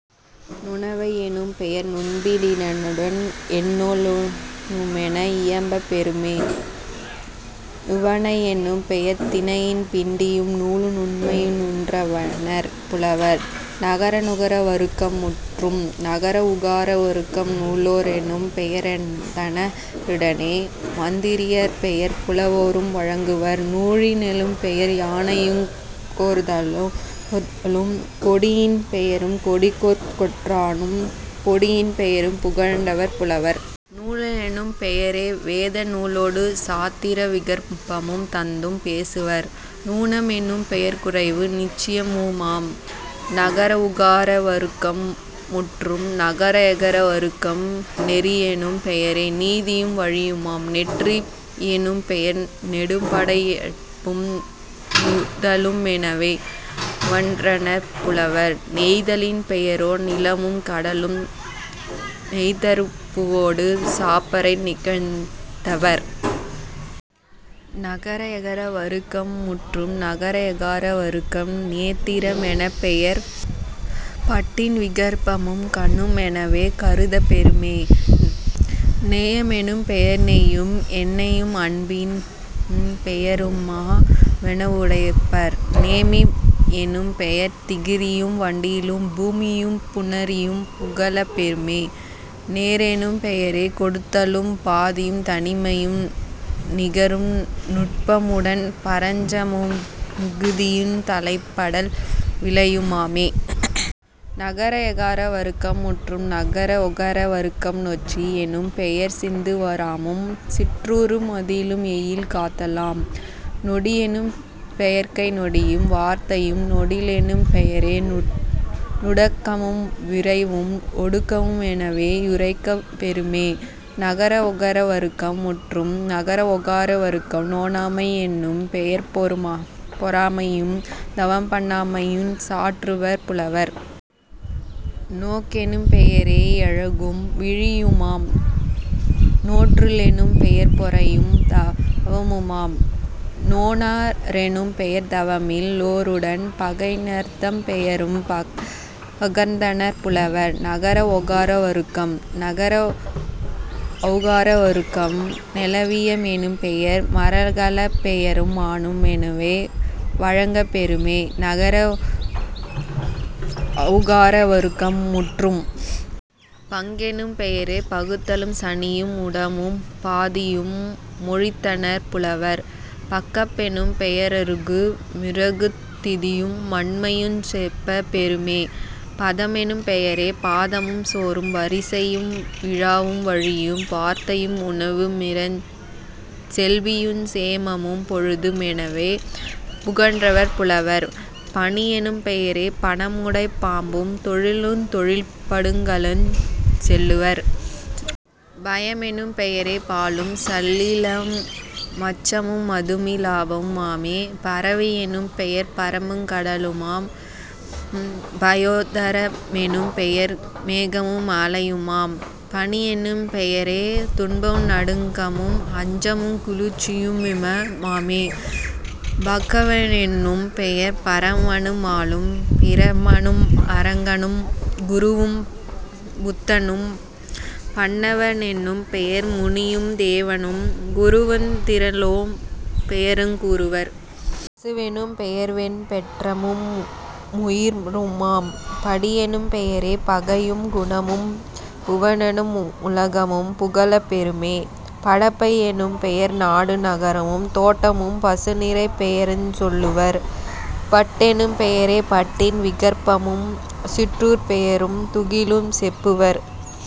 நுணவை யெனும்பெயர் நுண்பிண் டியினுடன் எண்ணோ லையுமென இயம்பப் பெறுமே..... நுவணை யெனும் பெயர் தினையின் பிண்டியும் நூலு நுண்மையு நுவன்றனர் புலவர்..... நகர உகர வருக்கம் முற்றும். நகர ஊகார வருக்கம் நூலோ ரெனும்பெய ரந்தண ருடனே மந்திரி யர்பெயர் புலவோரும் வழங்குவர்..... நூழி லெனும்பெயர் யானையுங் கோறலும் கொடியின் பெயரும் கொடிக்கொற் றானும் பொடியின் பெயரும் புகன்றனர் புலவர்..... நூலெனும் பெயரே வேத நூலொடு சாத்திர விகற்பமும் தந்தும் பேசுவர்..... நூண மெனும்பெயர் குறைவு நிச்சயமுமாம்..... நகர ஊகார வருக்கம் முற்றும். நகர எகர வருக்கம் நெறியெனும் பெயரே நீதியும் வழியுமாம்..... நெற்றி யெனும்பெயர் நெடும்படை யுறுப்பும் நுதலு மெனவே நுவன்றனர் புலவர்..... நெய்தலின் பெயரோர் நிலமும் கடலும் நெய்தற் பூவொடு சாப்பறை நிகழ்த்துவர்..... நகர எகர வருக்கம் முற்றும். நகர ஏகார வருக்கம் நேத்திர மெனப்பெயர் பட்டின் விகற்பமும் கண்ணு மெனவே கருதப் பெறுமே..... நேய மெனும்பெயர் நெய்யும் எண்ணெயும் அன்பின் பெயரு மாமென வுரைப்பர்..... நேமி யெனும்பெயர் திகிரியும் வண்டிலும் பூமியும் புணரியும் புகலப் பெறுமே..... நேரெனும் பெயரே கொடுத்தலும் பாதியும் தனிமையும் நிகரும் நுட்பமுடன் பரஞ்சமமு மிகுதியுந் தலைப்படல் விலையு மாமே..... நகர ஏகார வருக்கம் முற்றும். நகர ஒகர வருக்கம் நொச்சி யெனும்பெயர் சிந்து வாரமும் சிற்றூரு மதிலும் எயில் காத்தலுமாம்..... நொடியெனும் பெயர்கை நொடியும் வார்த்தையும்..... நொறிலெனும் பெயரே நுடக்கமும் விரைவும் ஒடுக்கமு மெனவே யுரைக்கப் பெறுமே..... நகர ஒகர வருக்கம் முற்றும். நகர ஓகார வருக்கம் நோனாமை யென்னும் பெயர்பொ றாமையும் தவம்பண்ணா மையுஞ் சாற்றுவர் புலவர்..... நோக்கெனும் பெயரே யழகும் விழியுமாம்..... நோற்ற லெனும்பெயர் பொறையும் தவமுமாம்..... நோனா ரெனும்பெயர் தவமில் லோருடன் பகைஞர்தம் பெயரும் பகர்ந்தனர் புலவர்..... நகர ஓகார வருக்கம். நகர ஒளகார வருக்கம் நெளவிய மெனும்பெயர் மரக்கலப் பெயரும் மானு மெனவே வழங்கப் பெறுமே..... நகர ஒளகார வருக்கம் முற்றும். பங்கெனும் பெயரே பகுத்தலும் சனியும் முடமும் பாதியும் மொழிந்தனர் புலவர்..... பக்க மெனும்பெய ரருகு மிறகுந் திதியு மண்மையுஞ் செப்பப் பெறுமே..... பதமெனும் பெயரே பாதமும் சோறும் வரிசையும் விழாவும் வழியும் வார்த்தையும் உணவு மீரமுஞ் செல்வியுஞ் சேமமும் பொழுது மெனவே புகன்றனர் புலவர்..... பணியெனும் பெயரே பணமுடைப் பாம்பும் தொழிலுந் தொழில்படு கலனுஞ் சொல்லுவர்..... பயமெனும் பெயரே பாலும் சலிலமு மச்சமும முதுமி லாபமு மாமே..... பரவை யெனும்பெயர் பரப்புங் கடலுமாம்..... பயோதர மெனும்பெயர் மேகமு முலையுமாம்..... பனியெனும் பெயரே துன்பமு நடுக்கமும் அச்சமுங் குளிர்ச்சியு மிமமு மாமே..... பகவ னெனும்பெயர் பரமனு மாலும் பிரமனும் அருகனும் குருவும் புத்தனும்..... பண்ணவ னெனும்பெயர் முனியும் தேவனும் குருவுந் திறலோன் பெயருங் கூறுவர்..... பசுவெனும் பெயர்வெண் பெற்றமு முயிருமாம்..... படியெனும் பெயரே பகையும் குணமும் புவனமு முலகமும் புகலப் பெறுமே..... படப்பை யெனும்பெயர் நாடு நகரமும் தோட்டமும் பசுநிரைப் பெயருஞ் சொல்லுவர்..... பட்டெனும் பெயரே பட்டின் விகற்பமும் சிற்றூர்ப் பெயரும் துகிலுஞ் செப்புவர்...